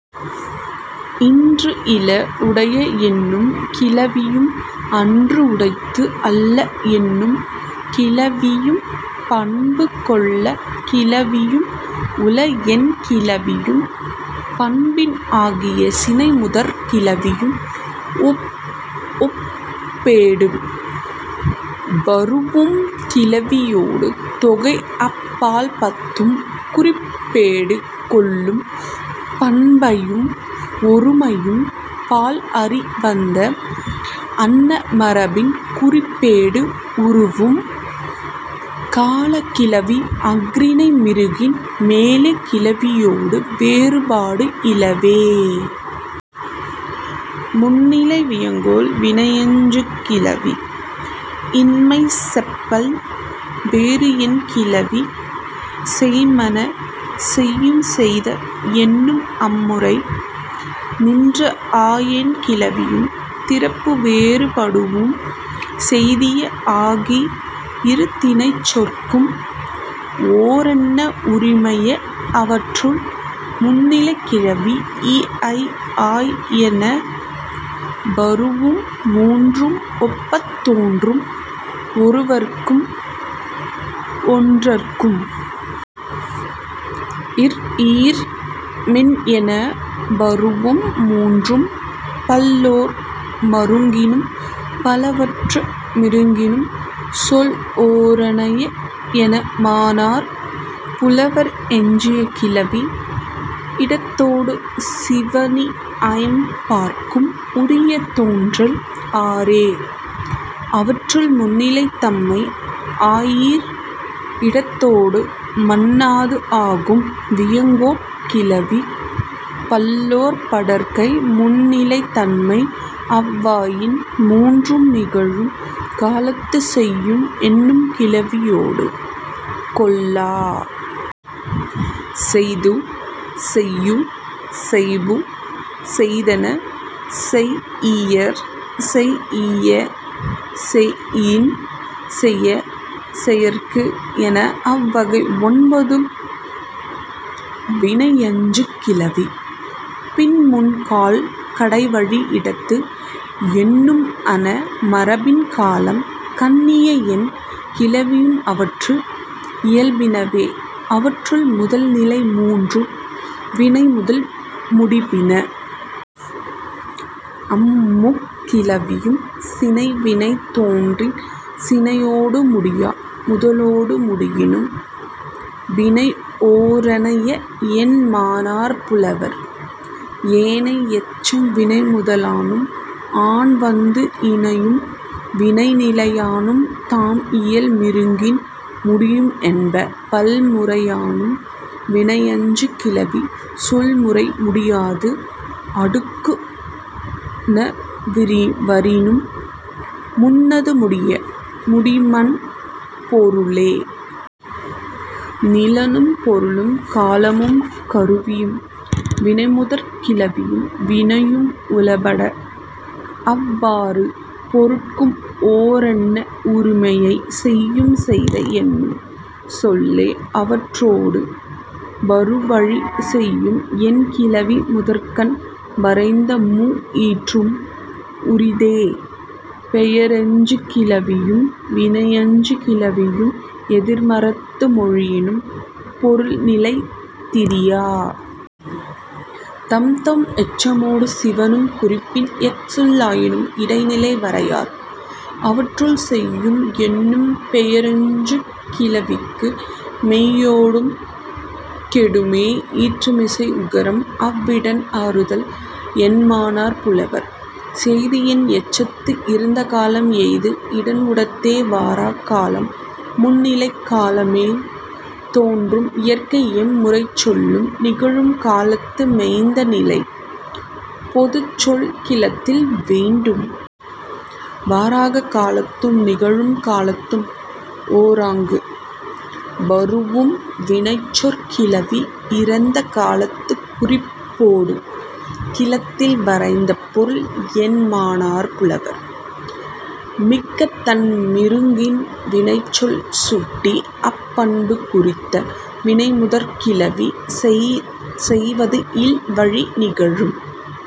இன்று இல உடைய என்னும் கிளவியும் அன்று உடைத்து அல்ல என்னும் கிளவியும் பண்பு கொள் கிளவியும் உள என் கிளவியும் பண்பின் ஆகிய சினைமுதற் கிளவியும் ஒப்பொடு வரூஉம் கிளவியொடு தொகைஇ அப் பால் பத்தும் குறிப்பொடு கொள்ளும். பன்மையும் ஒருமையும் பால் அறி வந்த அன்ன மரபின் குறிப்பொடு வரூஉம் காலக் கிளவி அஃறிணை மருங்கின் மேலைக் கிளவியொடு வேறுபாடு இலவே. முன்னிலை வியங்கோள் வினையெஞ்சுகிளவி இன்மை செப்பல் வேறு என் கிளவி செய்ம்மன செய்யும் செய்த என்னும் அம் முறை நின்ற ஆயெண் கிளவியும் திரிபு வேறுபடூஉம் செய்திய ஆகி இரு திணைச் சொற்கும் ஓரன்ன உரிமைய. அவற்றுள், முன்னிலைக் கிளவி இ ஐ ஆய் என வரூஉம் மூன்றும் ஒப்பத் தோன்றும் ஒருவர்க்கும் ஒன்றற்கும். இர் ஈர் மின் என வரூஉம் மூன்றும் பல்லோர் மருங்கினும் பலவற்று மருங்கினும் சொல் ஓரனைய எனமனார் புலவர். எஞ்சிய கிளவி இடத்தொடு சிவணி ஐம் பாற்கும் உரிய தோன்றல் ஆறே. அவற்றுள், முன்னிலை தன்மை ஆயீர் இடத்தொடு மன்னாது ஆகும் வியங்கோட் கிளவி. பல்லோர் படர்க்கை முன்னிலை தன்மை அவ் வயின் மூன்றும் நிகழும் காலத்துச் செய்யும் என்னும் கிளவியொடு கொள்ளா. செய்து செய்யூ செய்பு செய்தென செய்யியர் செய்யிய செயின் செய செயற்கு என அவ் வகை ஒன்பதும் வினையெஞ்சுகிளவி. பின் முன் கால் கடை வழி இடத்து என்னும் அன்ன மரபின் காலம் கண்ணிய என்ன கிளவியும் அவற்று இயல்பினவே. அவற்றுள், முதல் நிலை மூன்றும் வினைமுதல் முடிபின. அம் முக் கிளவியும் சினை வினை தோன்றின் சினையொடு முடியா முதலொடு முடியினும் வினை ஓரனைய என்மனார் புலவர். ஏனை எச்சம் வினைமுதலானும் ஆன் வந்து இயையும் வினைநிலையானும் தாம் இயல் மருங்கின் முடியும் என்ப. பல் முறையானும் வினையெஞ்சுகிளவி சொல் முறை முடியாது அடுக்குந வரினும் முன்னது முடிய முடியுமன் பொருளே. நிலனும் பொருளும் காலமும் கருவியும் வினைமுதற் கிளவியும் வினையும் உளப்பட அவ் அறு பொருட்கும் ஓரன்ன உரிமைய செய்யும் செய்த என்னும் சொல்லே. அவற்றொடு வரு வழி செய்யும் என் கிளவி முதற்கண் வரைந்த மூ ஈற்றும் உரித்தே. பெயரெஞ்சுகிளவியும் வினையெஞ்சுகிளவியும் எதிர் மறுத்து மொழியினும் பொருள் நிலை திரியா. தம்தம் எச்சமொடு சிவணும் குறிப்பின் எச் சொல் ஆயினும் இடைநிலை வரையார். அவற்றுள், செய்யும் என்னும் பெயரெஞ்சுகிளவிக்கு மெய்யொடும் கெடுமே ஈற்றுமிசை உகரம் அவ் இடன் அறிதல் என்மனார் புலவர். செய்து என் எச்சத்து இறந்த காலம் எய்து இடன் உடைத்தே வாராக் காலம். முந் நிலைக் காலமும் தோன்றும் இயற்கை எம் முறைச் சொல்லும் நிகழும் காலத்து மெய்ந் நிலைப் பொதுச் சொல் கிளத்தல் வேண்டும். வாராக் காலத்தும் நிகழும் காலத்தும் ஓராங்கு வரூஉம் வினைச்சொற் கிளவி இறந்த காலத்துக் குறிப்பொடு கிளத்தல் விரைந்த பொருள என்மனார் புலவர். மிக்கதன் மருங்கின் வினைச்சொல் சுட்டி அப் பண்பு குறித்த வினைமுதற் கிளவி செய்வது இல் வழி நிகழும்